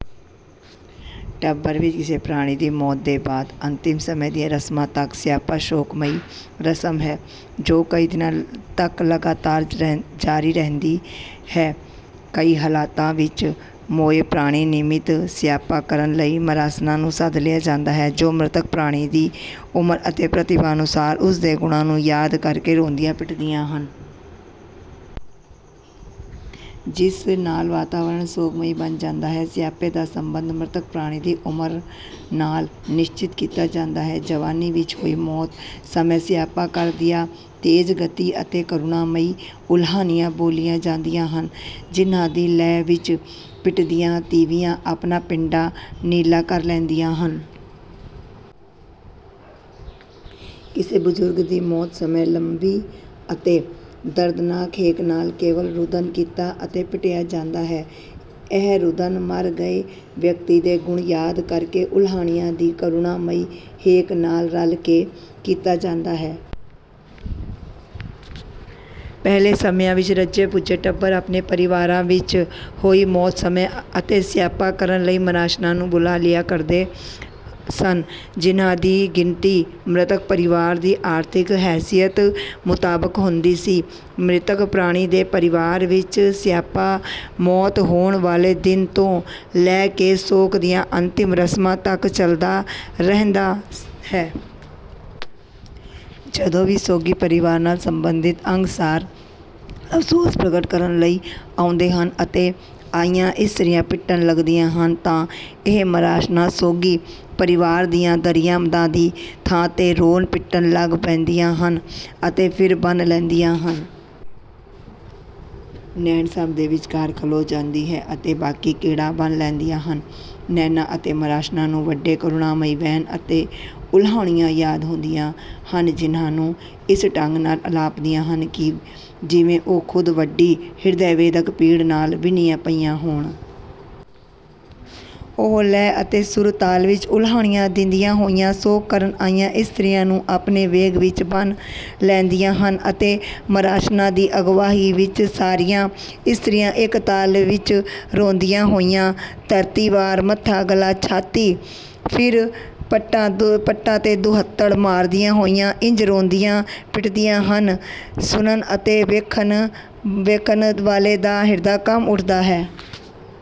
ਟੱਬਰ ਵਿੱਚ ਕਿਸੇ ਪ੍ਰਾਣੀ ਦੀ ਮੌਤ ਤੋਂ ਬਾਅਦ ਅੰਤਿਮ ਸਮੇਂ ਦੀਆਂ ਰਸਮਾਂ ਤੱਕ 'ਸਿਆਪਾ' ਇੱਕ ਸੋਗਮਈ ਰਸਮ ਹੈ ਜੋ ਕਈ ਦਿਨ ਲਗਾਤਾਰ ਜਾਰੀ ਰਹਿੰਦੀ ਹੈ। ਕਈ ਹਾਲਤਾਂ ਵਿੱਚ ਮੋਏ ਪ੍ਰਾਣੀ ਨਿਮਿਤ ਸਿਆਪਾ ਕਰਨ ਲਈ ਮਰਾਸਣਾਂ ਨੂੰ ਸੱਦ ਲਿਆ ਜਾਂਦਾ ਹੈ ਜੋ ਮ੍ਰਿਤਕ ਪ੍ਰਾਣੀ ਦੀ ਉਮਰ ਅਤੇ ਪ੍ਰਤਿਭਾ ਅਨੁਸਾਰ, ਉਸ ਦੇ ਗੁਣ ਯਾਦ ਕਰ ਕੇ ਰੋਂਦੀਆਂ ਪਿੱਟਦੀਆਂ ਹਨ। ਜਿਸ ਨਾਲ ਵਾਤਾਵਰਨ ਸੋਗਮਈ ਬਣ ਜਾਂਦਾ ਹੈ। ਸਿਆਪੇ ਦਾ ਸੰਬੰਧ ਮ੍ਰਿਤਕ ਪ੍ਰਾਣੀ ਦੀ ਉਮਰ ਨਾਲ ਵੀ ਨਿਸ਼ਚਿਤ ਕੀਤਾ ਜਾਂਦਾ ਹੈ। ਜੁਆਨੀ ਵਿੱਚ ਹੋਈ ਮੌਤ ਸਮੇਂ ਸਿਆਪਾ ਕਰਦਿਆਂ ਤੇਜ਼ ਗਤੀ ਅਤੇ ਕਰੁਣਾਮਈ ਅਲਾਹੁਣੀਆਂ ਬੋਲੀਆਂ ਜਾਂਦੀਆਂ ਹਨ, ਜਿਨ੍ਹਾਂ ਦੀ ਲੈਅ ਵਿੱਚ ਪਿੱਟਦੀਆਂ ਤੀਵੀਆਂ ਆਪਣਾ ਪਿੰਡਾ ਨੀਲਾ ਕਰ ਲੈਂਦੀਆਂ ਹਨ। ਕਿਸੇ ਬਜ਼ੁਰਗ ਦੀ ਮੌਤ ਸਮੇਂ ਲੰਮੀ ਅਤੇ ਦਰਦਨਾਕ ਹੇਕ ਨਾਲ ਕੇਵਲ ਰੁਦਨ ਕੀਤਾ ਅਤੇ ਪਿੱਟਿਆ ਜਾਂਦਾ ਹੈ। ਇਹ ਰੁਦਨ ਮਰ ਗਏ ਵਿਅਕਤੀ ਦੇ ਗੁਣ ਯਾਦ ਕਰਦਿਆਂ ਅਲਾਹੁਣੀਆਂ ਦੀ ਕਰੁਣਾਮਈ ਹੇਕ ਨਾਲ ਰਲ ਕੇ ਕੀਤਾ ਜਾਂਦਾ ਹੈ। ਪਹਿਲੇ ਸਮਿਆਂ ਵਿੱਚ ਰੱਜੇ-ਪੁੱਜੇ ਟੱਬਰ ਆਪਣੇ ਪਰਿਵਾਰ ਵਿੱਚ ਹੋਈ ਮੌਤ ਸਮੇਂ ਸਿਆਪਾ ਕਰਨ ਲਈ ਮਰਾਸਣਾਂ ਨੂੰ ਬੁਲਾ ਲਿਆਇਆ ਕਰਦੇ ਸਨ। ਜਿਨ੍ਹਾਂ ਦੀ ਗਿਣਤੀ ਮ੍ਰਿਤਕ ਪਰਿਵਾਰ ਦੀ ਆਰਥਿਕ ਹੈਸੀਅਤ ਮੁਤਾਬਕ ਹੁੰਦੀ ਸੀ। ਮ੍ਰਿਤਕ ਪ੍ਰਾਣੀ ਦੇ ਪਰਿਵਾਰ ਵਿੱਚ ਸਿਆਪਾ, ਮੌਤ ਹੋਣ ਵਾਲੇ ਦਿਨ ਤੋਂ ਲੈ ਕੇ ਸੋਗ ਦੀਆਂ ਅੰਤਿਮ ਰਸਮਾਂ ਤੱਕ ਚੱਲਦਾ ਰਹਿੰਦਾ ਹੈ। ਜਦੋਂ ਵੀ ਸੋਗੀ ਪਰਿਵਾਰ ਨਾਲ ਸੰਬੰਧਿਤ ਅੰਗ-ਸਾਕ ਅਫ਼ਸੋਸ ਪ੍ਰਗਟ ਕਰਨ ਲਈ ਆਉਂਦੇ ਹਨ ਅਤੇ ਆਈਆਂ ਇਸਤਰੀਆਂ ਪਿੱਟਣ ਲੱਗਦੀਆਂ ਹਨ ਤਾਂ ਇਹ ਮਰਾਸਣਾਂ, ਸੋਗੀ ਪਰਿਵਾਰ ਦੀਆਂ ਤ੍ਰੀਮਤਾਂ ਦੀ ਥਾਂ ਰੋਣ-ਪਿੱਟਣ ਲੱਗਦੀਆਂ ਹਨ ਅਤੇ ਪਿੜ ਬੰਨ੍ਹ ਲੈਂਦੀਆਂ ਹਨ। ਨੈਣ ਸਭ ਦੇ ਵਿਚਕਾਰ ਖਲੋ ਜਾਂਦੀ ਹੈ ਅਤੇ ਬਾਕੀ ਘੇਰਾ ਬੰਨ੍ਹ ਲੈਂਦੀਆਂ ਹਨ। ਨੈਣਾਂ ਅਤੇ ਮਰਾਸਣਾਂ ਨੂੰ ਵੱਡੇ ਕਰੁਣਾਮਈ ਵੈਣ ਅਤੇ ਅਲਾਹੁਣੀਆਂ ਯਾਦ ਹੁੰਦੀਆਂ ਹਨ ਜਿਨ੍ਹਾਂ ਨੂੰ ਇਸ ਇਸ ਢੰਗ ਨਾਲ ਅਲਾਪਦੀਆਂ ਹਨ ਕਿ ਜਿਵੇਂ ਉਹ ਖ਼ੁਦ ਵੱਡੀ ਹਿਰਦੇਵੇਦਕ ਪੀੜ ਨਾਲ ਵਿੰਨ੍ਹੀਆਂ ਪਈਆਂ ਹੋਣ। ਉਹ ਲੈਅ ਅਤੇ ਸੁਰ-ਤਾਲ ਵਿੱਚ ਅਲਾਹੁਣੀਆਂ ਅਲਾਪਦੀਆਂ ਹੋਈਆਂ ਸੋਗ ਕਰਨ ਆਈਆਂ ਇਸਤਰੀਆਂ ਨੂੰ ਵੀ ਆਪਣੇ ਵੇਗ ਵਿੱਚ ਬੰਨ੍ਹ ਲੈਂਦੀਆਂ ਹਨ ਅਤੇ ਮਰਾਸਣ ਦੀ ਅਗਵਾਈ ਵਿੱਚ ਸਾਰੀਆਂ ਇਸਤਰੀਆਂ ਇੱਕ ਤਾਲ ਵਿੱਚ ਰੋਂਦੀਆਂ ਹੋਈਆਂ ਤਰਤੀਬਵਾਰ, ਮੱਥਾ, ਗੱਲ੍ਹਾਂ, ਛਾਤੀ ਤੇ ਫਿਰ ਪੱਟਾਂ ਤੇ ਦੁਹੱਥੜ ਮਾਰਦੀਆਂ ਹੋਈਆਂ ਇੰਝ ਰੋਂਦੀਆਂ ਪਿੱਟਦੀਆਂ ਹਨ ਕਿ ਸੁਣਨ ਅਤੇ ਵੇਖਣ ਵਾਲੇ ਦਾ ਹਿਰਦਾ ਕੰਬ ਉੱਠਦਾ ਹੈ।